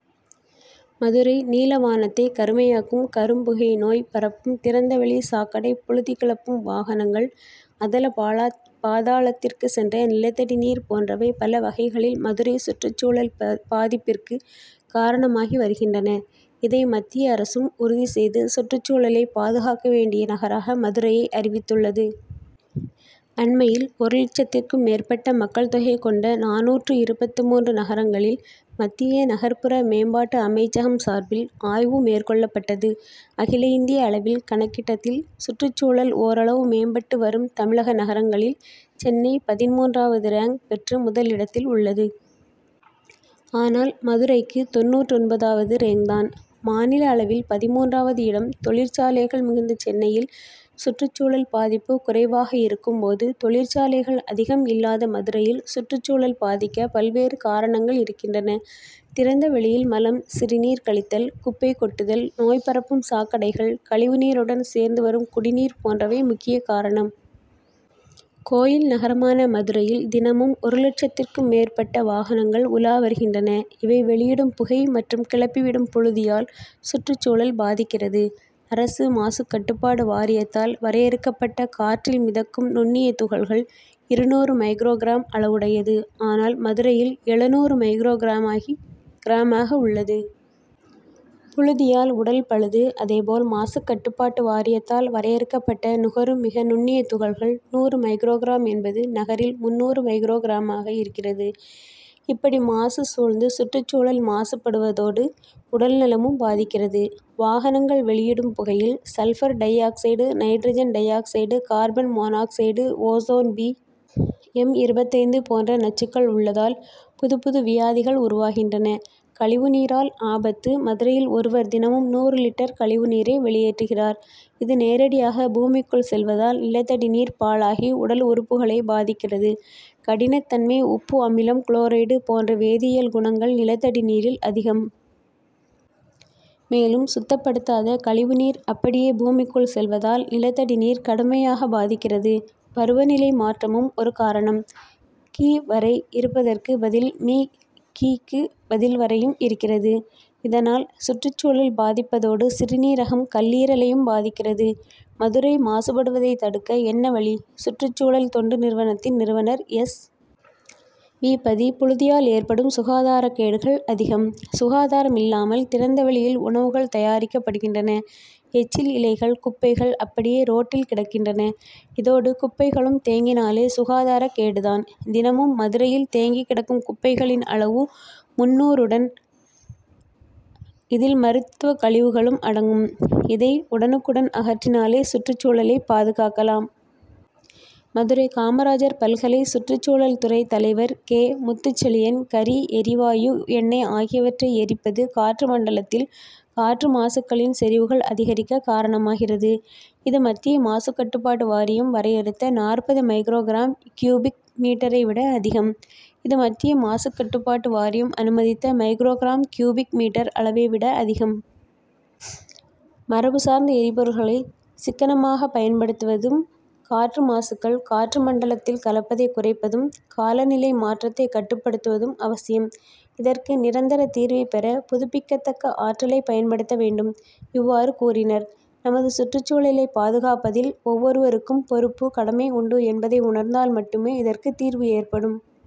மதுரை நீலவானத்தை கருமையாக்கும் கரும்புகை நோய் பரப்பும் திறந்தவெளி சாக்கடை புழுதி கிளப்பும் வாகனங்கள் அதலபாதா பாதாளத்திற்கு சென்ற நிலத்தடி நீர் போன்றவை பல வகைகளில் மதுரை சுற்றுச்சூழல் பாதிப்பிற்கு காரணமாகி வருகின்றன. இதை மத்திய அரசும் உறுதி செய்து சுற்றுச்சூழலை பாதுகாக்க வேண்டிய நகராக மதுரையை அறிவித்துள்ளது. அண்மையில் ஒரு லட்சத்திற்கும் மேற்பட்ட மக்கள் தொகை கொண்ட நானூற்று இருபத்து மூன்று நகரங்களில் மத்திய நகர்ப்புற மேம்பாட்டு அமைச்சகம் சார்பில் ஆய்வு மேற்கொள்ளப்பட்டது. அகில இந்திய அளவில் கணக்கிட்டதில் சுற்றுச்சூழல் ஓரளவு மேம்பட்டு வரும் தமிழக நகரங்களில் சென்னை பதின்மூன்றாவது ரேங்க் பெற்று முதலிடத்தில் உள்ளது. ஆனால் மதுரைக்கு தொண்ணூற்றொன்பதாவது ரேங்க் தான். மாநில அளவில் பதின்மூன்றாவது இடம். தொழிற்சாலைகள் மிகுந்த சென்னையில் சுற்றுச்சூழல் பாதிப்பு குறைவாக இருக்கும் போது தொழிற்சாலைகள் அதிகம் இல்லாத மதுரையில் சுற்றுச்சூழல் பாதிக்க பல்வேறு காரணங்கள் இருக்கின்றன. திறந்தவெளியில் மலம் சிறுநீர் கழித்தல் குப்பை கொட்டுதல் நோய்பரப்பும் சாக்கடைகள் கழிவுநீருடன் சேர்ந்து வரும் குடிநீர் போன்றவை முக்கிய காரணம். கோயில் நகரமான மதுரையில் தினமும் ஒரு லட்சத்திற்கும் மேற்பட்ட வாகனங்கள் உலா வருகின்றன. இவை வெளியிடும் புகை மற்றும் கிளப்பிவிடும் புழுதியால் சுற்றுச்சூழல் பாதிக்கிறது. அரசு மாசுக்கட்டுப்பாட்டு வாரியத்தால் வரையறுக்கப்பட்ட காற்றில் மிதக்கும் நுண்ணிய துகள்கள் இருநூறு மைக்ரோகிராம் அளவுடையது. ஆனால் மதுரையில் எழநூறு மைக்ரோகிராமாக உள்ளது. புழுதியால் உடல் பழுது அதேபோல் மாசுக்கட்டுப்பாட்டு வாரியத்தால் வரையறுக்கப்பட்ட நுகரும் மிக நுண்ணிய துகள்கள் நூறு மைக்ரோகிராம் என்பது நகரில் முந்நூறு மைக்ரோகிராமாக இருக்கிறது. இப்படி மாசு சூழ்ந்து சுற்றுச்சூழல் மாசுப்படுவதோடு உடல்நலமும் பாதிக்கிறது. வாகனங்கள் வெளியிடும் புகையில் sulphur dioxide nitrogen dioxide carbon monoxide ozone P. M. இருபத்தைந்து போன்ற நச்சுக்கள் உள்ளதால் புதுப்புது வியாதிகள் உருவாகின்றன. கழிவுநீரால் ஆபத்து மதுரையில் ஒருவர் தினமும் நூறு லிட்டர் கழிவுநீரை வெளியேற்றுகிறார். இது நேரடியாக பூமிக்குள் செல்வதால் நிலத்தடி நீர் பாழாகி உடல் உறுப்புகளை பாதிக்கிறது. கடினத்தன்மை உப்பு அமிலம் குளோரைடு போன்ற வேதியியல் குணங்கள் நிலத்தடி நீரில் அதிகம். மேலும் சுத்தப்படுத்தாத கழிவுநீர் அப்படியே பூமிக்குள் செல்வதால் நிலத்தடி நீர் கடுமையாக பாதிக்கிறது. பருவநிலை மாற்றமும் ஒரு காரணம். கி. வரை இருப்பதற்கு பதில் மி. கி.க்கு பதில் வரையும் இருக்கிறது. இதனால் சுற்றுச்சூழல் பாதிப்பதோடு சிறுநீரகம் கல்லீரலையும் பாதிக்கிறது. மதுரை மாசுபடுவதை தடுக்க என்ன வழி சுற்றுச்சூழல் தொண்டு நிறுவனத்தின் நிறுவனர் எஸ். வி. பதி புழுதியால் ஏற்படும் சுகாதாரக்கேடுகள் அதிகம். சுகாதாரமில்லாமல் திறந்தவெளியில் உணவுகள் தயாரிக்கப்படுகின்றன. எச்சில் இலைகள் குப்பைகள் அப்படியே ரோட்டில் கிடக்கின்றன. இதோடு குப்பைகளும் தேங்கினாலே சுகாதாரக்கேடு தான். தினமும் மதுரையில் தேங்கி கிடக்கும் குப்பைகளின் அளவு முந்நூறு டன். இதில் மருத்துவக்கழிவுகளும் அடங்கும். இதை உடனுக்குடன் அகற்றினாலே சுற்றுச்சூழலை பாதுகாக்கலாம். மதுரை காமராஜர் பல்கலை சுற்றுச்சூழல் துறை தலைவர் கே. முத்துச்செழியன் கரி எரிவாயு எண்ணெய் ஆகியவற்றை எரிப்பது காற்று மண்டலத்தில் காற்று மாசுக்களின் செறிவுகள் அதிகரிக்க காரணமாகிறது. இது மத்திய மாசுக்கட்டுப்பாட்டு வாரியம் வரையறுத்த நாற்பது மைக்ரோகிராம் கியூபிக் மீட்டரைவிட அதிகம். இது மத்திய மாசுக்கட்டுப்பாட்டு வாரியம் அனுமதித்த மைக்ரோகிராம் கியூபிக் மீட்டர் அளவைவிட அதிகம். மரபு சார்ந்த எரிபொருட்களை சிக்கனமாக பயன்படுத்துவதும் காற்று மாசுக்கள் காற்று மண்டலத்தில் கலப்பதை குறைப்பதும் காலநிலை மாற்றத்தை கட்டுப்படுத்துவதும் அவசியம். இதற்கு நிரந்தர தீர்வை பெற புதுப்பிக்கத்தக்க ஆற்றலை பயன்படுத்த வேண்டும். இவ்வாறு கூறினர். நமது சுற்றுச்சூழலை பாதுகாப்பதில் ஒவ்வொருவருக்கும் பொறுப்பு கடமை உண்டு என்பதை உணர்ந்தால் மட்டுமே இதற்கு தீர்வு ஏற்படும்.